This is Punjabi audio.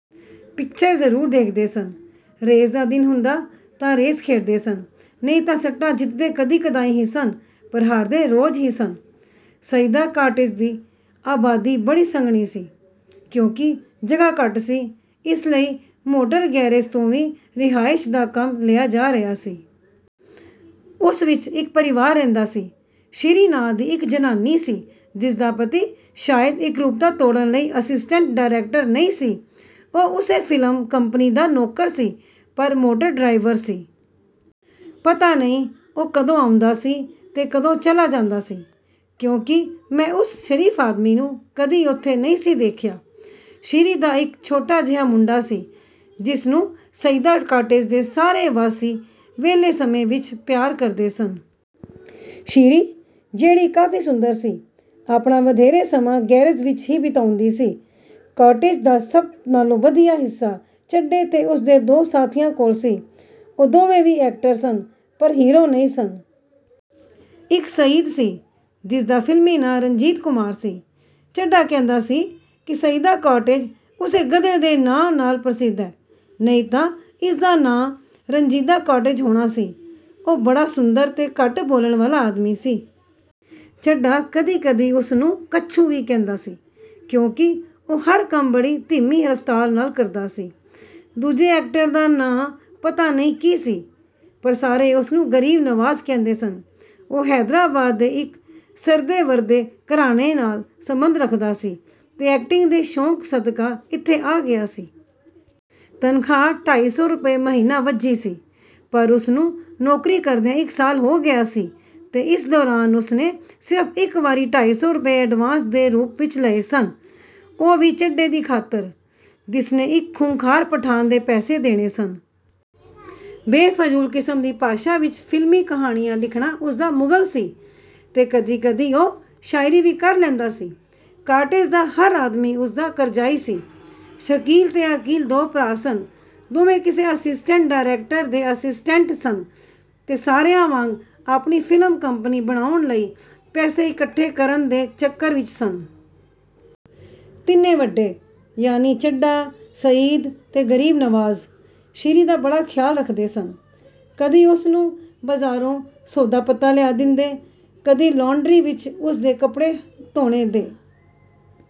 ਪਿਕਚਰ ਜਰੂਰ ਦੇਖਦੇ ਸਨ, ਰੇਸ ਦਾ ਦਿਨ ਹੁੰਦਾ ਤਾਂ ਰੇਸ ਖੇਡਦੇ ਸਨ, ਨਹੀਂ ਤਾਂ ਸੱਟਾ ਜਿੱਤਦੇ ਕਦੀ-ਕਦਾਈ ਹੀ ਸਨ, ਪਰ ਹਾਰਦੇ ਰੋਜ਼ ਹੀ ਸਨ। ਸਈਦਾ ਕਾਟੇਜ ਦੀ ਆਬਾਦੀ ਬੜੀ ਸੰਘਣੀ ਸੀ। ਕਿਉਂਕਿ ਜਗ੍ਹਾ ਘੱਟ ਸੀ, ਇਸ ਲਈ ਮੋਟਰ ਗੈਰੇਜ ਤੋਂ ਵੀ ਰਿਹਾਇਸ਼ ਦਾ ਕੰਮ ਲਿਆ ਜਾ ਰਿਹਾ ਸੀ। ਉਸ ਵਿਚ ਇਕ ਪਰਿਵਾਰ ਰਹਿੰਦਾ ਸੀ। ਸ਼ੀਰੀਂ ਨਾਂਅ ਦੀ ਇਕ ਜ਼ਨਾਨੀ ਸੀ, ਜਿਸ ਦਾ ਪਤੀ ਸ਼ਾਇਦ ਇਕਰੂਪਤਾ ਤੋੜਨ ਲਈ ਅਸਿਸਟੈਂਟ ਡਾਇਰੈਕਟਰ ਨਹੀਂ ਸੀ। ਉਹ ਉਸੇ ਫ਼ਿਲਮ ਕੰਪਨੀ ਦਾ ਨੌਕਰ ਸੀ, ਪਰ ਮੋਟਰ ਡਰਾਈਵਰ ਸੀ। ਪਤਾ ਨਹੀਂ ਉਹ ਕਦੋਂ ਆਉਂਦਾ ਸੀ ਤੇ ਕਦੋਂ ਚਲਾ ਜਾਂਦਾ ਸੀ, ਕਿਉਂਕਿ ਮੈਂ ਉਸ ਸ਼ਰੀਫ ਆਦਮੀ ਨੂੰ ਕਦੀ ਉੱਥੇ ਨਹੀਂ ਸੀ ਦੇਖਿਆ। ਸ਼ੀਰੀਂ ਦਾ ਇਕ ਛੋਟਾ ਜਿਹਾ ਮੁੰਡਾ ਸੀ, ਜਿਸਨੂੰ ਸਈਦਾ ਕਾਟੇਜ ਦੇ ਸਾਰੇ ਵਾਸੀ ਵਿਹਲੇ ਸਮੇਂ ਵਿਚ ਪਿਆਰ ਕਰਦੇ ਸਨ। ਸ਼ੀਰੀਂ, ਜਿਹੜੀ ਕਾਫੀ ਸੁੰਦਰ ਸੀ, ਆਪਣਾ ਵਧੇਰੇ ਸਮਾਂ ਗੈਰੇਜ ਵਿਚ ਹੀ ਬਿਤਾਉਂਦੀ ਸੀ। ਕਾਟੇਜ ਦਾ ਸਭ ਨਾਲੋਂ ਵਧੀਆ ਹਿੱਸਾ ਚੱਡੇ ਤੇ ਉਸਦੇ ਦੋ ਸਾਥੀਆਂ ਕੋਲ ਸੀ। ਉਹ ਦੋਵੇਂ ਵੀ ਐਕਟਰ ਸਨ, ਪਰ ਹੀਰੋ ਨਹੀਂ ਸਨ। ਇਕ ਸਈਦ ਸੀ, ਜਿਸਦਾ ਫਿਲਮੀ ਨਾਂ ਰਣਜੀਤ ਕੁਮਾਰ ਸੀ। ਚੱਡਾ ਕਹਿੰਦਾ ਸੀ ਕਿ ਸਈਦਾ ਕਾਟੇਜ ਉਸੇ ਗਧੇ ਦੇ ਨਾਂਅ ਨਾਲ ਪ੍ਰਸਿੱਧ ਹੈ, ਨਹੀਂ ਤਾਂ ਇਸਦਾ ਨਾਂਅ 'ਰੰਜੀਦਾ ਕਾਟੇਜ' ਹੋਣਾ ਸੀ। ਉਹ ਬੜਾ ਸੁੰਦਰ ਤੇ ਘੱਟ ਬੋਲਣ ਵਾਲਾ ਆਦਮੀ ਸੀ। ਚੱਡਾ ਕਦੀ-ਕਦੀ ਉਸਨੂੰ ਕੱਛੂ ਵੀ ਕਹਿੰਦਾ ਸੀ, ਕਿਉਂਕਿ ਉਹ ਹਰ ਕੰਮ ਬੜੀ ਧੀਮੀ ਰਫ਼ਤਾਰ ਨਾਲ ਕਰਦਾ ਸੀ। ਦੂਜੇ ਐਕਟਰ ਦਾ ਨਾਂਅ ਪਤਾ ਨਹੀਂ ਕੀ ਸੀ, ਪਰ ਸਾਰੇ ਉਸਨੂੰ ਗਰੀਬ ਨਵਾਜ ਕਹਿੰਦੇ ਸਨ। ਉਹ ਹੈਦਰਾਬਾਦ ਦੇ ਇਕ ਸਰਦੇ-ਵਰਦੇ ਘਰਾਣੇ ਨਾਲ ਸੰਬੰਧ ਰੱਖਦਾ ਸੀ ਤੇ ਐਕਟਿੰਗ ਦੇ ਸ਼ੌਕ ਸਦਕਾ ਇੱਥੇ ਆ ਗਿਆ ਸੀ। ਤਨਖ਼ਾਹ ਢਾਈ ਸੌ ਰੁਪਏ ਮਹੀਨਾ ਵੱਝੀ ਸੀ, ਪਰ ਉਸਨੂੰ ਨੌਕਰੀ ਕਰਦਿਆਂ ਇਕ ਸਾਲ ਹੋ ਗਿਆ ਸੀ ਤੇ ਇਸ ਦੌਰਾਨ ਉਸਨੇ ਸਿਰਫ ਇਕ ਵਾਰੀ ਢਾਈ ਸੌ ਰੁਪਏ ਐਡਵਾਂਸ ਦੇ ਰੂਪ ਵਿਚ ਲਏ ਸਨ। ਉਹ ਵੀ ਚੱਡੇ ਦੀ ਖਾਤਰ, ਜਿਸਨੇ ਇਕ ਖ਼ੂੰਖਾਰ ਪਠਾਨ ਦੇ ਪੈਸੇ ਦੇਣੇ ਸਨ। ਬੇਫਜੂਲ ਕਿਸਮ ਦੀ ਭਾਸ਼ਾ ਵਿਚ ਫ਼ਿਲਮੀ ਕਹਾਣੀਆਂ ਲਿਖਣਾ ਉਸਦਾ ਸ਼ੁਗਲ ਸੀ ਤੇ ਕਦੀ-ਕਦੀ ਉਹ ਸ਼ਾਇਰੀ ਵੀ ਕਰ ਲੈਂਦਾ ਸੀ। ਕਾਟੇਜ਼ ਦਾ ਹਰ ਆਦਮੀ ਉਸਦਾ ਕਰਜਾਈ ਸੀ। ਸ਼ਕੀਲ ਤੇ ਅਕੀਲ ਦੋ ਭਰਾ ਸਨ। ਦੋਵੇਂ ਕਿਸੇ ਅਸਿਸਟੈਂਟ ਡਾਇਰੈਕਟਰ ਦੇ ਅਸਿਸਸਟੈਂਟ ਸਨ ਤੇ ਸਾਰਿਆਂ ਵਾਂਗ ਆਪਣੀ ਫ਼ਿਲਮ ਕੰਪਨੀ ਬਣਾਉਣ ਲਈ ਪੈਸੇ ਇਕੱਠੇ ਕਰਨ ਦੇ ਚੱਕਰ ਵਿਚ ਸਨ। ਤਿੰਨੇ ਵੱਡੇ ਯਾਨੀ ਚੱਡਾ, ਸਈਦ ਤੇ ਗਰੀਬ ਨਵਾਜ਼ ਸ਼ੀਂਰੀ ਦਾ ਬੜਾ ਖ਼ਿਆਲ ਰੱਖਦੇ ਸਨ। ਕਦੀ ਉਸਨੂੰ ਬਾਜ਼ਾਰੋਂ ਸੌਦਾ-ਪੱਤਾ ਲਿਆ ਦਿੰਦੇ, ਕਦੀ ਲਾਂਡਰੀ ਵਿਚ ਉਸਦੇ ਕੱਪੜੇ ਧੋਣੇ ਦੇ